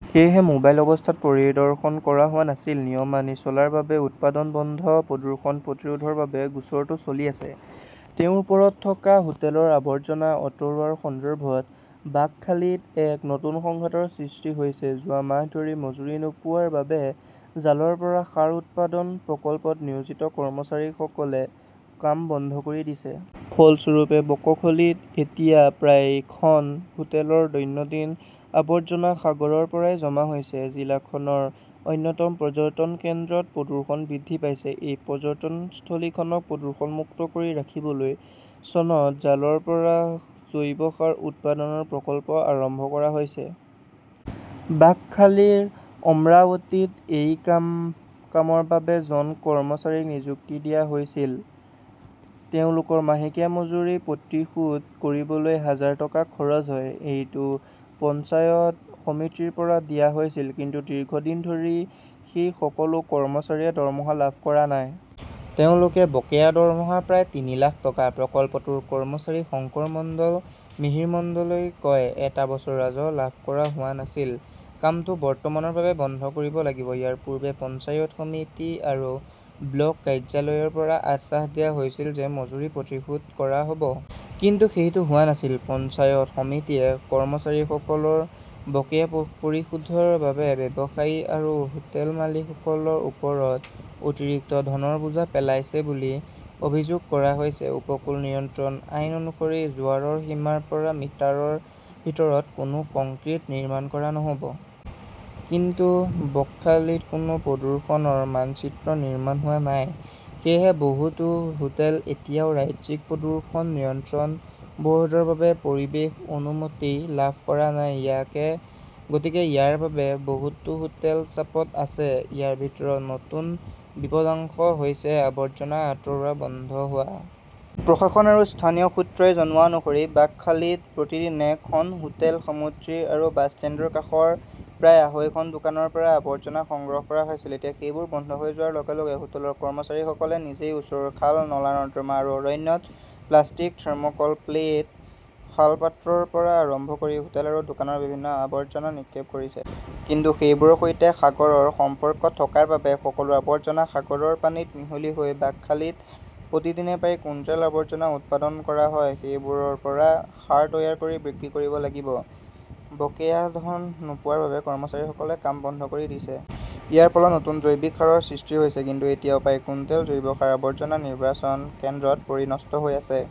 সেয়েহে মোবাইল অৱস্থাত পৰিদৰ্শন কৰা হোৱা নাছিল। নিয়ম মানি চলাৰ বাবে উৎপাদন বন্ধ প্ৰদূষণ প্ৰতিৰোধৰ বাবে গোচৰটো চলি আছে। তেওঁৰ ওপৰত থকা হোটেলৰ আৱৰ্জনা আঁতৰোৱাৰ সন্দৰ্ভত বাকখালীত এক নতুন সংঘাতৰ সৃষ্টি হৈছে। যোৱা মাহ ধৰি মজুৰি নোপোৱাৰ বাবে জালৰ পৰা সাৰ উৎপাদন প্ৰকল্পত নিয়োজিত কৰ্মচাৰীসকলে কাম বন্ধ কৰি দিছে। ফলস্বৰূপে, বক্খলিত এতিয়া প্ৰায় খন হোটেলৰ দৈনন্দিন আৱৰ্জনা সাগৰৰ পৰাই জমা হৈছে। জিলাখনৰ অন্যতম পৰ্যটন কেন্দ্ৰত প্ৰদূষণ বৃদ্ধি পাইছে। এই পৰ্যটনস্থলীখনক প্ৰদূষণমুক্ত কৰি ৰাখিবলৈ চনত জালৰ পৰা জৈৱ সাৰ উৎপাদনৰ প্ৰকল্প আৰম্ভ কৰা হৈছিল। বকখালীৰ অমৰাৱতীত এই কামৰ বাবে জন কৰ্মচাৰীক নিযুক্তি দিয়া হৈছিল। তেওঁলোকৰ মাহেকীয়া মজুৰি পৰিশোধ কৰিবলৈ হাজাৰ টকা খৰচ হয়। এইটো পঞ্চায়ত সমিতিৰ পৰা দিয়া হৈছিল। কিন্তু দীৰ্ঘদিন ধৰি সেই সকলো কৰ্মচাৰীয়ে দৰমহা লাভ কৰা নাই। তেওঁলোকৰ বকেয়া দৰমহা প্ৰায় তিনি লাখ টকা। প্ৰকল্পটোৰ কৰ্মচাৰী শংকৰ মণ্ডল, মিহিৰ মণ্ডলই কয়, "এটা বছৰ ৰাজহ লাভ কৰা হোৱা নাছিল। কামটো বৰ্তমানৰ বাবে বন্ধ কৰিব লাগিব। ইয়াৰ পূৰ্বে পঞ্চায়ত সমিতি আৰু ব্লক কাৰ্যালয়ৰ পৰা আশ্বাস দিয়া হৈছিল যে মজুৰি পৰিশোধ কৰা হ 'ব। কিন্তু সেইটো হোৱা নাছিল। "পঞ্চায়ত সমিতিয়ে কৰ্মচাৰীসকলৰ বকেয়া পৰিশোধৰ বাবে ব্যৱসায়ী আৰু হোটেল মালিকসকলৰ ওপৰত অতিৰিক্ত ধনৰ বোজা পেলাইছে বুলি অভিযোগ কৰা হৈছে। উপকূল নিয়ন্ত্ৰণ আইন অনুসৰি, জোৱাৰৰ সীমাৰ পৰা মিটাৰৰ ভিতৰত কোনো কংক্ৰিট নিৰ্মাণ কৰা নহ 'ব। কিন্তু বকখালীত কোনো প্ৰদূষণৰ মানচিত্ৰ নিৰ্মাণ কৰা হোৱা নাই। সেয়েহে, বহুতো হোটেল এতিয়াও ৰাজ্যিক প্ৰদূষণ নিয়ন্ত্ৰণ ব "ৰ্ডৰ পৰা পৰিৱেশ অনুমতি লাভ কৰা নাই। গতিকে ইয়াৰ বাবে বহুতো হোটেল চাপত আছে। ইয়াৰ ভিতৰত নতুন বিপদাশংকা হৈছে আৱৰ্জনা আঁতৰোৱা বন্ধ হোৱা। প্ৰশাসন আৰু স্থানীয় সূত্ৰই জনোৱা অনুসৰি বাকখালীত প্ৰতিদিনে খন হোটেল, সমুদ্ৰতীৰ আৰু বাছষ্টেণ্ডৰ কাষৰ প্ৰায় আঢ়ৈশখন দোকানৰ পৰা আৱৰ্জনা সংগ্ৰহ কৰা হৈছিল। এতিয়া সেইবোৰ বন্ধ হৈ যোৱাৰ লগে লগে হোটেলৰ কৰ্মচাৰীসকলে নিজেই ওচৰৰ খাল, নলা-নৰ্দমা আৰু অৰণ্যত প্লাষ্টিক, থৰ্ম "কল প্লেট, শালপাতৰ পৰা আৰম্ভ কৰি হোটেল আৰু দোকানৰ বিভিন্ন আৱৰ্জনা নিক্ষেপ কৰিছে। কিন্তু সেইবোৰৰ সৈতে সাগৰৰ সম্পৰ্ক থকাৰ বাবে সকলো আৱৰ্জনা সাগৰৰ পানীত মিহলি হয়। বাকখালীত প্ৰতিদিনে প্ৰায় কুইণ্টেল আৱৰ্জনা উৎপাদন কৰা হয়। সেইবোৰৰ পৰা সাৰ তৈয়াৰ কৰি বিক্ৰী কৰিব লাগিব। বকেয়া ধন নোপোৱাৰ বাবে কৰ্মচাৰীসকলে কাম বন্ধ কৰি দিছে। ইয়াৰ ফলত নতুন জৈৱিক সাৰৰ সৃষ্টি হৈছে। কিন্তু এতিয়াও প্ৰায় কুইণ্টেল জৈৱ সাৰ আৱৰ্জনা নিৰ্বাচন কেন্দ্ৰত পৰি নষ্ট হৈ আছে।